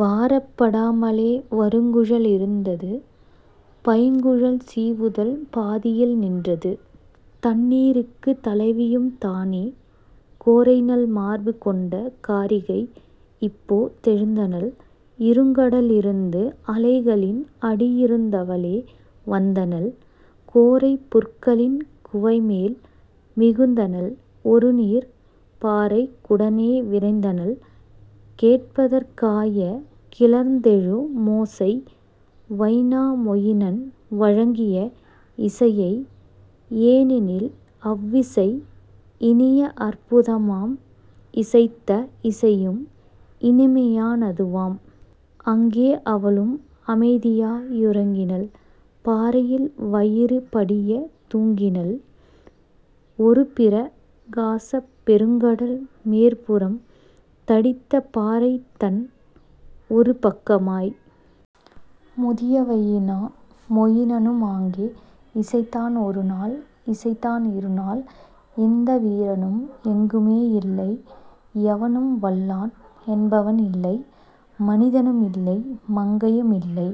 வாரப் படாமலே வறுங்குழ லிருந்தது பைங்குழல் சீவுதல் பாதியில் நின்றது. தண்ணீ ருக்குத் தலைவியும் தானே கோரைநல் மார்பு கொண்ட காரிகை இப்போ தெழுந்தனள் இருங்கட லிருந்து அலைகளின் அடியிருந் தவளே வந்தனள் கோரைப் புற்களின் குவைமேல் மிதந்தனள் ஒருநீர்ப் பாறைக் குடனே விரைந்தனள் கேட்பதற் காயக் கிளர்ந்தெழு மோசை வைனா மொயினன் வழங்கிய இசையை ஏனெனில் அவ்விசை இனியஅற் புதமாம் இசைத்த இசையும் இனிமையா னதுவாம்; அங்கே அவளும் அமைதியா யுறங்கினள் பாறையில் வயிறு படியத் தூங்கினள் ஒருபிர காசப் பெருங்கல் மேற்புறம் தடித்த பாறைத் தன்ஒரு பக்கமாய். முதிய வையினா மொயினனு மாங்கே இசைத்தான் ஒருநாள் இசைத்தான் இருநாள் எந்த வீரனும் எங்குமே யில்லை எவனும் வல்லான் என்பவன் இல்லை மனிதனு மில்லை மங்கையு மில்லை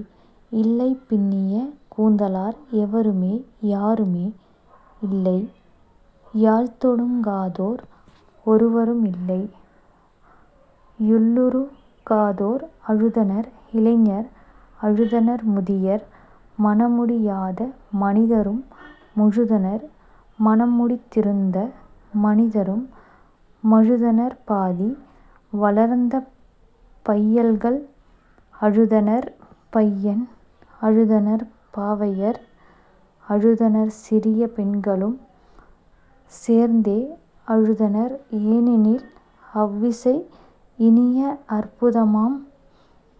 இல்லைப் பின்னிய கூந்தலார் எவருமே யாருமே இல்லை யழத்தொடங் காதோர் ஒருவரு மில்லை யுள்ளுரு காதோர் அழுதனர் இளைஞர் அழுதனர் முதியர் மணம்முடி யாத மனிதரும் முழுதனர் மணம்முடித் திருந்த மனிதரும் மழுதனர் பாதி வளர்ந்த பையல்கள் அழுதனர் பையன் அழுதனர் பாவையர் அழுதனர் சிறிய பெண்களும் சேர்ந்தே அழுதனர் ஏனெனில் அவ்விசை இனியஅற் புதமாம்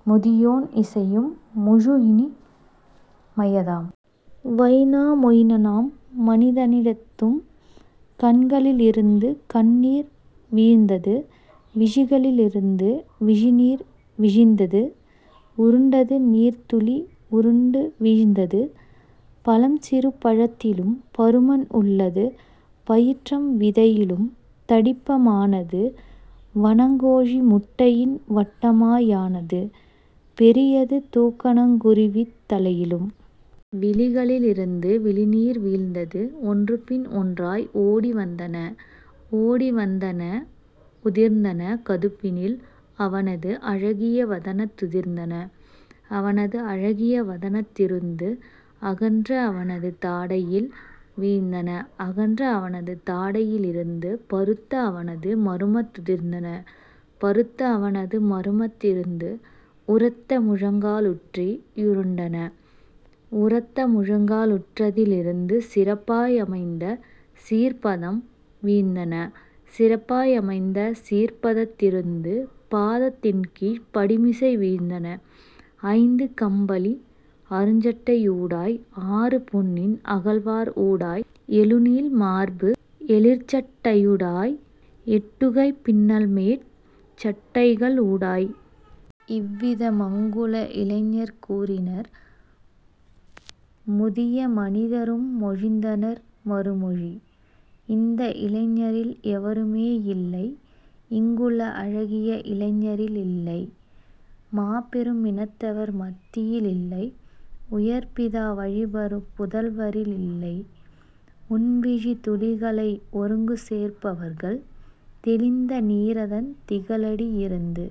முதியோன் இசையும் முழுஇனி மையதாம். வைனா மொயினனாம் மனிதனி னிடத்தும் கண்களிலி ருந்து கண்ணீர் வீழ்ந்தது விழிகளி லிருந்து விழிநீர் விழிந்தது உருண்டது நீர்த் துளி உருண்டு வீழ்ந்தது பழம்சிறு பழத்திலும் பருமன் உள்ளது பயற்றம் விதையிலும் தடிப்ப மானது வனங்கோழி முட்டையின் வட்டமா யானது பெரியது தூக்கணங் குருவித் தலையிலும். விழிகளி லிருந்து விழிநீர் வீழ்ந்தது ஒன்றுபின் ஒன்றாய் ஓடி வடிந்தன ஓடி வடிந்தன உதிர்ந்தன கதுப்பினில் அவனது அழகிய வதனத் துதிர்ந்தன அவனது அழகிய வதனத் திருந்து அகன்ற அவனது தாடையில் வீழ்ந்தன அகன்ற அவனது தாடையி லிருந்து பருத்த அவனது மருமத் துதிர்ந்தன பருத்த அவனது மருமத் திருந்து உரத்த முழங்கா லுற்றே யுருண்டன உரத்த முழங்கா லுற்றதி லிருந்து சிறப்பா யமைந்த சீர்பதம் வீழ்ந்தன சிறப்பா யமைந்த சீர்பதத் திருந்து பாதத் தின்கீழ்ப் படிமிசை வீழ்ந்தன ஐந்து கம்பளி அருஞ்சட் டையூடாய் ஆறு பொன்னின் அகல்வார் ஊடாய் எழுநீல் மார்பு எழிற்சட் டையூடாய் எட்டுகைப் பின்னல்மேற் சட்டைக ளூடாய். " இவ்வித மங்குள இளைஞர் கூறினர் முதிய மனிதரும் மொழிந்தனர் மறுமொழி: "இந்த இளைஞரில் எவருமே யில்லை இங்குள அழகிய இளைஞரி லில்லை மாபெரு மினத்தவர் மத்தியி லில்லை உயர்பிதா வழிவரு புதல்வரி லில்லை உன்விழித் துளிகளை ஒருங்குசேர்ப் பவர்கள் தெளிந்த நீரதன் திகழடி யிருந்து.